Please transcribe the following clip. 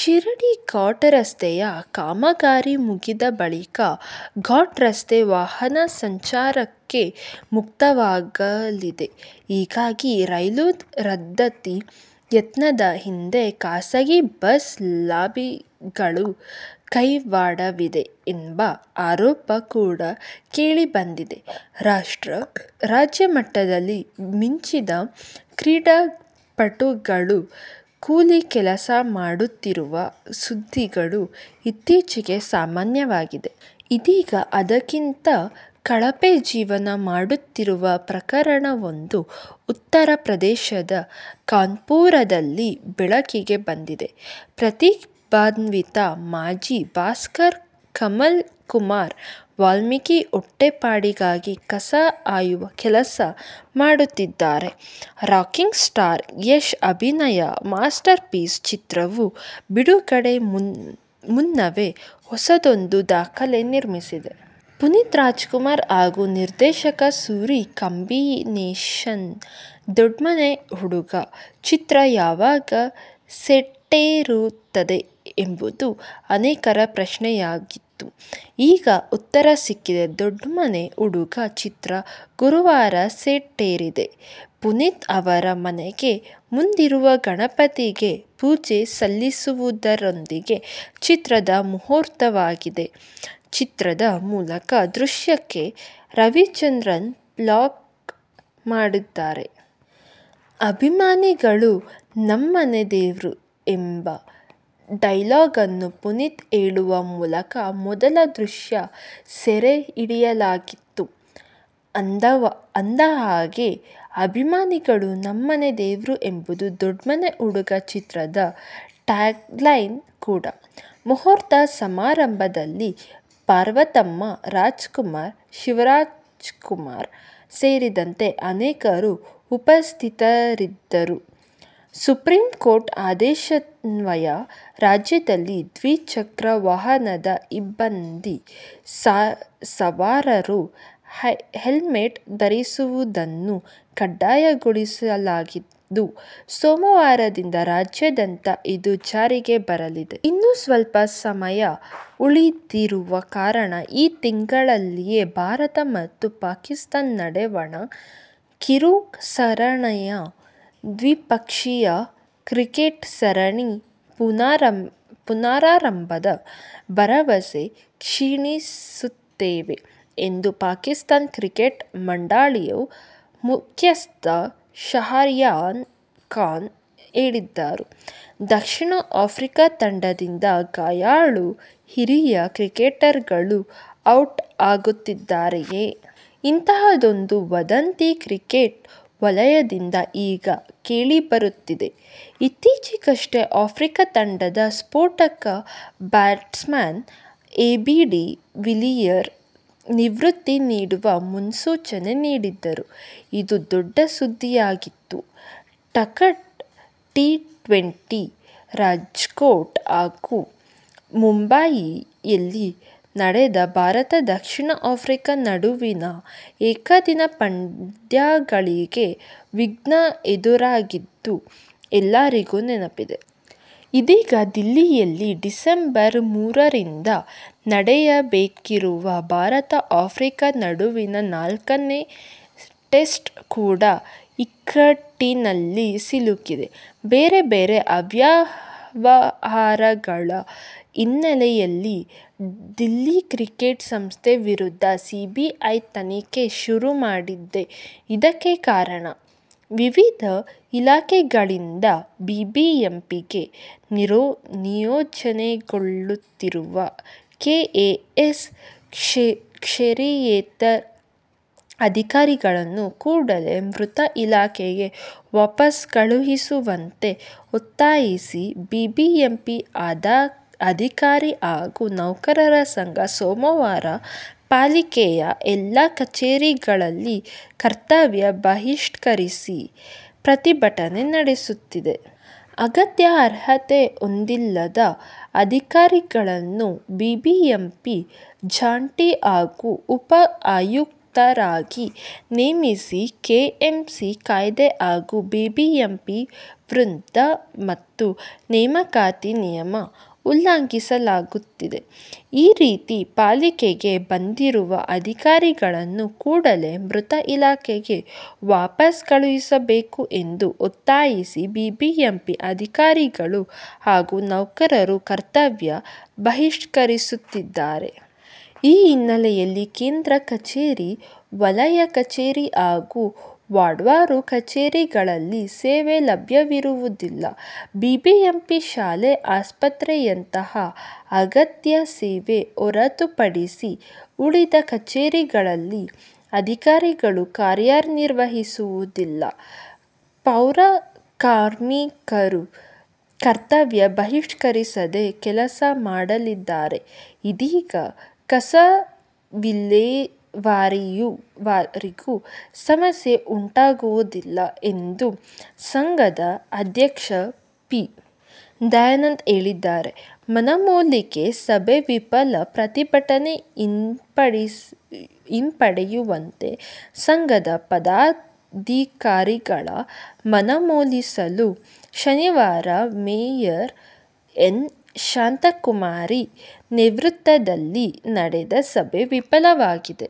ಶಿರಾಡಿ ಘಾಟ್ ರಸ್ತೆಯ ಕಾಮಗಾರಿ ಮುಗಿದ ಬಳಿಕ ಘಾಟ್ ರಸ್ತೆ ವಾಹನ ಸಂಚಾರಕ್ಕೆ ಮುಕ್ತವಾಗಲಿದೆ. ಹೀಗಾಗಿ ರೈಲು ರದ್ಧತಿ ಯತ್ನದ ಹಿಂದೆ ಖಾಸಗಿ ಬಸ್ ಲಾಬಿಗಳ ಕೈವಾಡವಿದೆ ಎಂಬ ಆರೋಪ ಕೂಡ ಕೇಳಿಬಂದಿದೆ. ರಾಷ್ಟ್ರ, ರಾಜ್ಯ ಮಟ್ಟದಲ್ಲಿ ಮಿಂಚಿದ ಕ್ರೀಡಾ ಪಟುಗಳು ಕೂಲಿ ಕೆಲಸ ಮಾಡುತ್ತಿರುವ ಸುದ್ದಿಗಳು ಇತ್ತೀಚೆಗೆ ಸಾಮಾನ್ಯವಾಗಿದೆ. ಇದೀಗ ಅದಕ್ಕಿಂತ ಕಳಪೆ ಜೀವನ ಮಾಡುತ್ತಿರುವ ಪ್ರಕರಣವೊಂದು ಉತ್ತರಪ್ರದೇಶದ ಕಾನ್ಪುರದಲ್ಲಿ ಬೆಳಕಿಗೆ ಬಂದಿದೆ. ಪ್ರತಿಭಾನ್ವಿತ ಮಾಜಿ ಬಾಕ್ಸರ್ ಕಮಲ್ ಕುಮಾರ್ ವಾಲ್ಮೀಕಿ ಹೊಟ್ಟೆ ಪಾಡಿಗಾಗಿ ಕಸ ಆಯುವ ಕೆಲಸ ಮಾಡುತ್ತಿದ್ದಾರೆ. ರಾಕಿಂಗ್ ಸ್ಟಾರ್ ಯಶ್ ಅಭಿನಯದ ಮಾಸ್ಟರ್ ಪೀಸ್ ಚಿತ್ರವು ಬಿಡುಗಡೆ ಮುನ್ನವೇ ಹೊಸದೊಂದು ದಾಖಲೆ ನಿರ್ಮಿಸಿದೆ. ಪುನೀತ್ ರಾಜ್ಕುಮಾರ್ ಹಾಗೂ ನಿರ್ದೇಶಕ ಸೂರಿ ಕಾಂಬಿನೇಶನ್ನ "ದೊಡ್ಮನೆ ಹುಡುಗ' ಚಿತ್ರ ಯಾವಾಗ ಸೆಟ್ಟೇರುತ್ತದೆ ಎಂಬುದು ಅನೇಕರ ಪ್ರಶ್ನೆಯಾಗಿತ್ತು. ಈಗ ಉತ್ತರ ಸಿಕ್ಕಿದೆ. "ದೊಡ್ಮನೆ ಹುಡುಗ' ಚಿತ್ರ ಗುರುವಾರ ಸೆಟ್ಟೇರಿದೆ. ಪುನೀತ್ ಅವರ ಮನೆಯ ಮುಂದಿರುವ ಗಣಪತಿಗೆ ಪೂಜೆ ಸಲ್ಲಿಸುವುದರೊಂದಿಗೆ ಚಿತ್ರದ ಮುಹೂರ್ತವಾಗಿದೆ. ಚಿತ್ರದ ಮೊದಲ ದೃಶ್ಯಕ್ಕೆ ರವಿಚಂದ್ರನ್ ಕ್ಲಾಪ್ ಮಾಡಿದರು. "ಅಭಿಮಾನಿಗಳು ನಮ್ಮನೆ ದೇವ್ರು' ಎಂಬ ಡೈಲಾಗನ್ನು ಪುನೀತ್ ಹೇಳುವ ಮೂಲಕ ಮೊದಲ ದೃಶ್ಯ ಸೆರೆ ಹಿಡಿಯಲಾಯಿತು. ಅಂದಹಾಗೆ, "ಅಭಿಮಾನಿಗಳು ನಮ್ಮನೆ ದೇವ್ರು' ಎಂಬುದು "ದೊಡ್ಮನೆ ಹುಡುಗ' ಚಿತ್ರದ ಟ್ಯಾಗ್ಲೈನ್ ಕೂಡಾ. ಮುಹೂರ್ತ ಸಮಾರಂಭದಲ್ಲಿ ಪಾರ್ವತಮ್ಮ ರಾಜ್ಕುಮಾರ್, ಶಿವರಾಜ್ ಕುಮಾರ್ ಸೇರಿದಂತೆ ಅನೇಕರು ಉಪಸ್ಥಿತರಿದ್ದರು. ಸುಪ್ರೀಂಕೋರ್ಟ್ ಆದೇಶದನ್ವಯ ರಾಜ್ಯದಲ್ಲಿ ದ್ವಿಚಕ್ರ ವಾಹನದ ಹಿಂಬದಿ ಸವಾರರೂ ಹೆಲ್ಮೆಟ್ ಧರಿಸುವುದನ್ನು ಕಡ್ಡಾಯಗೊಳಿಸಲಾಗಿದ್ದು, ಸೋಮವಾರದಿಂದ ರಾಜ್ಯಾದ್ಯಂತ ಇದು ಜಾರಿಗೆ ಬರಲಿದೆ. ಇನ್ನು ಸ್ವಲ್ಪ ಸಮಯ ಉಳಿದಿರುವ ಕಾರಣ ಈ ತಿಂಗಳಲ್ಲಿಯೇ ಭಾರತ ಮತ್ತು ಪಾಕಿಸ್ಥಾನ ನಡುವಣ ಕಿರು ಸರಣಿಯ ದ್ವಿಪಕ್ಷೀಯ ಕ್ರಿಕೆಟ್ ಸರಣಿ ಪುನರಾರಂಭದ ಭರವಸೆ ಕ್ಷೀಣಿಸುತ್ತಿದೆ ಎಂದು ಪಾಕಿಸ್ಥಾನ ಕ್ರಿಕೆಟ್ ಮಂಡಳಿಯ ಮುಖ್ಯಸ್ಥ ಶಹರ್ಯಾರ್ ಖಾನ್ ಹೇಳಿದ್ದಾರೆ. ದಕ್ಷಿಣ ಆಫ್ರಿಕಾ ತಂಡದಿಂದ ಗಾಯಾಳು ಹಿರಿಯ ಕ್ರಿಕೆಟಿಗರು ಔಟ್ ಆಗುತ್ತಿದ್ದಾರೆಯೇ? ಇಂತಹದೊಂದು ವದಂತಿ ಕ್ರಿಕೆಟ್ ವಲಯದಿಂದ ಈಗ ಕೇಳಿಬರುತ್ತಿದೆ. ಇತ್ತೀಚೆಗಷ್ಟೇ ಆಫ್ರಿಕಾ ತಂಡದ ಸ್ಫೋಟಕ ಬ್ಯಾಟ್ಸ್ಮನ್ ಎಬಿಡಿ ವಿಲಿಯರ್ ನಿವೃತ್ತಿ ನೀಡುವ ಮುನ್ಸೂಚನೆ ನೀಡಿದ್ದರು. ಇದು ದೊಡ್ಡ ಸುದ್ದಿಯಾಗಿತ್ತು. ಕಟಕ್ ಟಿ-ಟ್ವೆಂಟಿ, ರಾಜ್ಕೋಟ್ ಹಾಗೂ ಮುಂಬಯಿ ಯಲ್ಲಿ ನಡೆದ ಭಾರತ-ದಕ್ಷಿಣ ಆಫ್ರಿಕಾ ನಡುವಿನ ಏಕದಿನ ಪಂದ್ಯಗಳಿಗೆ ವಿಘ್ನ ಎದುರಾಗಿದ್ದು ಎಲ್ಲರಿಗೂ ನೆನಪಿದೆ. ಇದೀಗ ದಿಲ್ಲಿಯಲ್ಲಿ ಡಿಸಂಬರ್ ಮೂರರಿಂದ ನಡೆಯಬೇಕಿರುವ ಭಾರತ-ಆಫ್ರಿಕಾ ನಡುವಿನ ನಾಲ್ಕನೇ ಟೆಸ್ಟ್ ಕೂಡ ಇಕ್ಕಟ್ಟಿನಲ್ಲಿ ಸಿಲುಕಿದೆ. ಬೇರೆ ಬೇರೆ ಅವ್ಯವಹಾರಗಳ ಹಿನ್ನೆಲೆಯಲ್ಲಿ ದಿಲ್ಲಿ ಕ್ರಿಕೆಟ್ ಸಂಸ್ಥೆ ವಿರುದ್ಧ ಸಿಬಿಐ ತನಿಖೆ ಶುರು ಮಾಡಿದ್ದೇ ಇದಕ್ಕೆ ಕಾರಣ. ವಿವಿಧ ಇಲಾಖೆಗಳಿಂದ ಬಿಬಿಎಂಪಿಗೆ ನಿಯೋಜನೆಗೊಳ್ಳುತ್ತಿರುವ ಕೆಎಎಸ್ ಶ್ರೇಣಿಯೇತರ ಅಧಿಕಾರಿಗಳನ್ನು ಕೂಡಲೇ ಮಾತೃ ಇಲಾಖೆಗೆ ವಾಪಸ್ ಕಳುಹಿಸುವಂತೆ ಒತ್ತಾಯಿಸಿ ಬಿಬಿಎಂಪಿ ಅಧಿಕಾರಿ ಹಾಗೂ ನೌಕರರ ಸಂಘ ಸೋಮವಾರ ಪಾಲಿಕೆಯ ಎಲ್ಲಾ ಕಚೇರಿಗಳಲ್ಲಿ ಕರ್ತವ್ಯ ಬಹಿಷ್ಕರಿಸಿ ಪ್ರತಿಭಟನೆ ನಡೆಸುತ್ತಿದೆ. ಅಗತ್ಯ ಅರ್ಹತೆ ಹೊಂದಿಲ್ಲದ ಅಧಿಕಾರಿಗಳನ್ನು ಬಿಬಿಎಂಪಿ ಜಂಟಿ ಹಾಗೂ ಉಪ ಆಯುಕ್ತರಾಗಿ ನೇಮಿಸಿ ಕೆಎಂಸಿ ಕಾಯ್ದೆ ಹಾಗೂ ಬಿಬಿಎಂಪಿ ವೃಂದ ಮತ್ತು ನೇಮಕಾತಿ ನಿಯಮ ಉಲ್ಲಂಘಿಸಲಾಗುತ್ತಿದೆ. ಈ ರೀತಿ ಪಾಲಿಕೆಗೆ ಬಂದಿರುವ ಅಧಿಕಾರಿಗಳನ್ನು ಕೂಡಲೇ ಮಾತೃ ಇಲಾಖೆಗೆ ವಾಪಸ್ ಕಳುಹಿಸಬೇಕು ಎಂದು ಒತ್ತಾಯಿಸಿ ಬಿಬಿಎಂಪಿ ಅಧಿಕಾರಿಗಳು ಹಾಗೂ ನೌಕರರು ಕರ್ತವ್ಯ ಬಹಿಷ್ಕರಿಸುತ್ತಿದ್ದಾರೆ. ಈ ಹಿನ್ನೆಲೆಯಲ್ಲಿ ಕೇಂದ್ರ ಕಚೇರಿ, ವಲಯ ಕಚೇರಿ ಹಾಗೂ ವಾರ್ಡ್ವಾರು ಕಚೇರಿಗಳಲ್ಲಿ ಸೇವೆ ಲಭ್ಯವಿರುವುದಿಲ್ಲ. ಬಿಬಿಎಂಪಿ ಶಾಲೆ, ಆಸ್ಪತ್ರೆಯಂತಹ ಅಗತ್ಯ ಸೇವೆ ಹೊರತುಪಡಿಸಿ ಉಳಿದ ಕಚೇರಿಗಳಲ್ಲಿ ಅಧಿಕಾರಿಗಳು ಕಾರ್ಯನಿರ್ವಹಿಸುವುದಿಲ್ಲ. ಪೌರಕಾರ್ಮಿಕರು ಕರ್ತವ್ಯ ಬಹಿಷ್ಕರಿಸದೆ ಕೆಲಸ ಮಾಡಲಿದ್ದಾರೆ. ಹೀಗಾಗಿ ಕಸ ವಿಲೇವಾರಿಗೂ ಸಮಸ್ಯೆ ಉಂಟಾಗುವುದಿಲ್ಲ ಎಂದು ಸಂಘದ ಅಧ್ಯಕ್ಷ ಪಿ. ದಯಾನಂದ್ ಹೇಳಿದ್ದಾರೆ. ಮನವೊಲಿಕೆ ಸಭೆ ವಿಫಲ: ಪ್ರತಿಭಟನೆ ಹಿಂಪಡೆಯುವಂತೆ ಸಂಘದ ಪದಾಧಿಕಾರಿಗಳ ಮನವೊಲಿಸಲು ಶನಿವಾರ ಮೇಯರ್ ಎನ್. ಶಾಂತಕುಮಾರಿ ನೇತೃತ್ವದಲ್ಲಿ ನಡೆದ ಸಭೆ ವಿಫಲವಾಗಿದೆ.